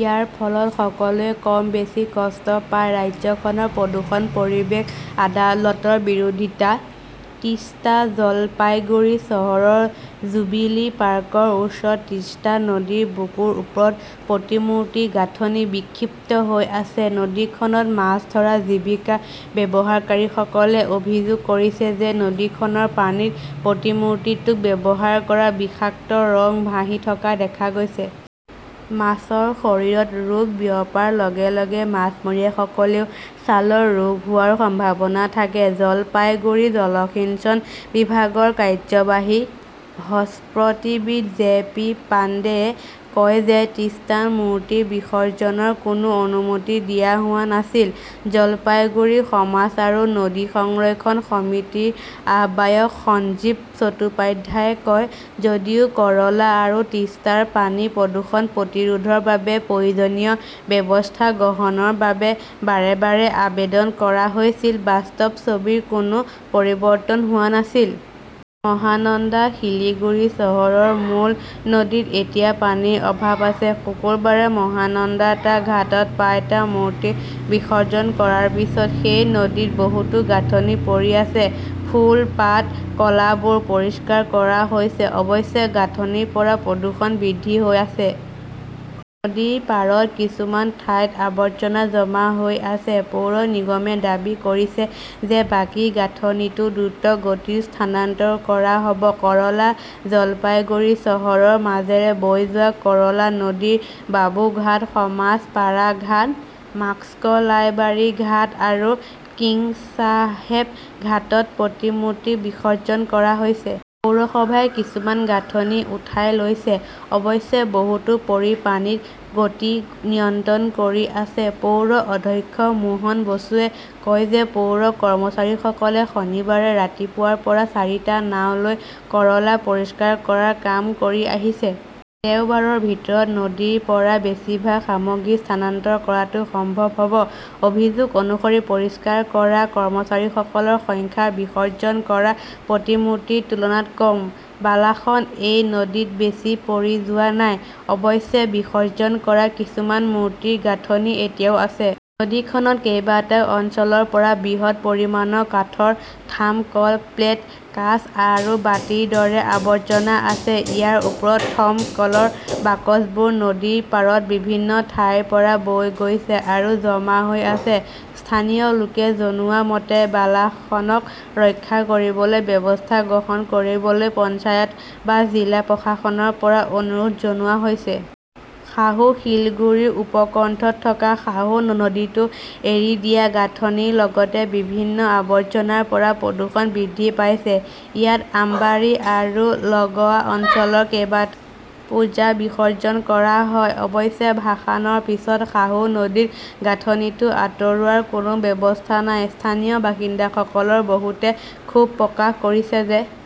ইয়াৰ ফলত সকলোৱে কম বেছি কষ্ট পায়। "। ৰাজ্যখনৰ প্ৰদূষণ-পৰিৱেশ আদালতৰ বিৰোধিতা তিষ্টা জলপাইগুৰি চহৰৰ জুবিলি পাৰ্কৰ ওচৰৰ তিষ্টা নদীৰ বুকুৰ ওপৰত প্ৰতিমূৰ্তিৰ গাঁথনি বিক্ষিপ্ত হৈ আছে। নদীখনত মাছ ধৰা জীৱিকা ব্যৱহাৰকাৰীসকলে অভিযোগ কৰিছে যে নদীখনৰ পানীত প্ৰতিমূৰ্তিটোত ব্যৱহাৰ কৰা বিষাক্ত ৰং ভাহি থকা দেখা গৈছে। মাছৰ শৰীৰত ৰোগ বিয়পাৰ লগে লগে মাছমৰীয়াসকলেও ছালৰ ৰোগ হোৱাৰ সম্ভাৱনা থাকে। জলপাইগুৰি জলসিঞ্চন বিভাগৰ কাৰ্যবাহী স্থপতিবিদ জে পি পাণ্ডেয়ে কয় যে তিষ্টাত মূৰ্তি বিসৰ্জনৰ কোনো অনুমতি দিয়া হোৱা নাছিল। জলপাইগুৰি সমাজ আৰু নদী সংৰক্ষণ সমিতিৰ আহ্বায়ক সঞ্জীৱ চট্টোপাধ্যায়ই কয়, "যদিও কৰলা আৰু তিষ্টাৰ পানীৰ প্ৰদূষণ প্ৰতিৰোধৰ বাবে প্ৰয়োজনীয় ব্যৱস্থা গ্ৰহণৰ বাবে বাৰে বাৰে আবেদন কৰা হৈছিল, বাস্তৱ ছবিৰ কোনো পৰিৱৰ্তন হোৱা নাছিল। মহানন্দা শিলিগুৰি চহৰৰ মূল নদীত এতিয়া পানীৰ অভাৱ আছে। শুকুৰবাৰে মহানন্দাৰ টা ঘাটত প্ৰায় টা মূৰ্তি বিসৰ্জন কৰাৰ পিছত সেই নদীত বহুতো গাঁথনি পৰি আছে। ফুল-পাত, কলাবোৰ পৰিষ্কাৰ কৰা হৈছে। অৱশ্যে, গাঁথনিৰ পৰা প্ৰদূষণ বৃদ্ধি হৈ আছে। নদীৰ পাৰত কিছুমান ঠাইত আৱৰ্জনা জমা হৈ আছে। পৌৰ নিগমে দাবী কৰিছে যে বাকী গাঁথনিটো দ্ৰুতগতিত স্থানান্তৰ কৰা হ 'ব। কৰলা জলপাইগুৰি চহৰৰ মাজেৰে বৈ যোৱা কৰলা নদীৰ বাবুঘাট, সমাজ পাৰা ঘাট, মাস্কলাইবাৰী ঘাট আৰু কিংছাহেব ঘাটত প্ৰতিমূৰ্তি বিসৰ্জন কৰা হৈছে। পৌৰসভাই কিছুমান গাঁথনি উঠাই লৈছে। অৱশ্যে, বহুতো পৰি পানীৰ গতি নিয়ন্ত্ৰণ কৰি আছে। পৌৰ অধ্যক্ষ মোহন বসুৱে কয় যে পৌৰ কৰ্মচাৰীসকলে শনিবাৰে ৰাতিপুৱাৰ পৰা চাৰিটা নাও লৈ কৰলা পৰিষ্কাৰ কৰাৰ কাম কৰি আহিছে। দেওবাৰৰ ভিতৰত নদীৰ পৰা বেছিভাগ সামগ্ৰী স্থানান্তৰ কৰাটো সম্ভৱ হ 'ব। অভিযোগ অনুসৰি পৰিষ্কাৰ কৰা কৰ্মচাৰীসকলৰ সংখ্যা বিসৰ্জন কৰা প্ৰতিমূৰ্তিৰ তুলনাত কম। বালাসন এই নদীত বেছি পৰি যোৱা নাই। অৱশ্যে, বিসৰ্জন কৰা কিছুমান মূৰ্তিৰ গাঁথনি এতিয়াও আছে। নদীখনত কেইবাটাও অঞ্চলৰ পৰা বৃহৎ পৰিমাণৰ কাঠৰ থাৰ্ম "কল প্লেট, কাঁচ আৰু বাটিৰ দৰে আৱৰ্জনা আছে। ইয়াৰ ওপৰত থৰ্ম "কলৰ বাকচবোৰ নদীৰ পাৰত বিভিন্ন ঠাইৰ পৰা বৈ গৈছে আৰু জমা হৈ আছে। স্থানীয় লোকে জনোৱা মতে, বালাসনক ৰক্ষা কৰিবলৈ ব্যৱস্থা গ্ৰহণ কৰিবলৈ পঞ্চায়ত বা জিলা প্ৰশাসনৰ পৰা অনুৰোধ জনোৱা হৈছিল। সাহু শিলিগুৰিৰ উপকণ্ঠত থকা সাহু নদীতো এৰি দিয়া গাঁথনিৰ লগতে বিভিন্ন আৱৰ্জনাৰ পৰা প্ৰদূষণ বৃদ্ধি পাইছে। ইয়াত আম্বাৰী আৰু লগৱা অঞ্চলৰ কেইবাটাও পূজা বিসৰ্জন কৰা হয়। অৱশ্যে, ভাসানৰ পিছত সাহু নদীত গাঁথনিটো আঁতৰোৱাৰ কোনো ব্যৱস্থা নাই। স্থানীয় বাসিন্দাসকলৰ বহুতে ক্ষোভ প্ৰকাশ কৰিছে যে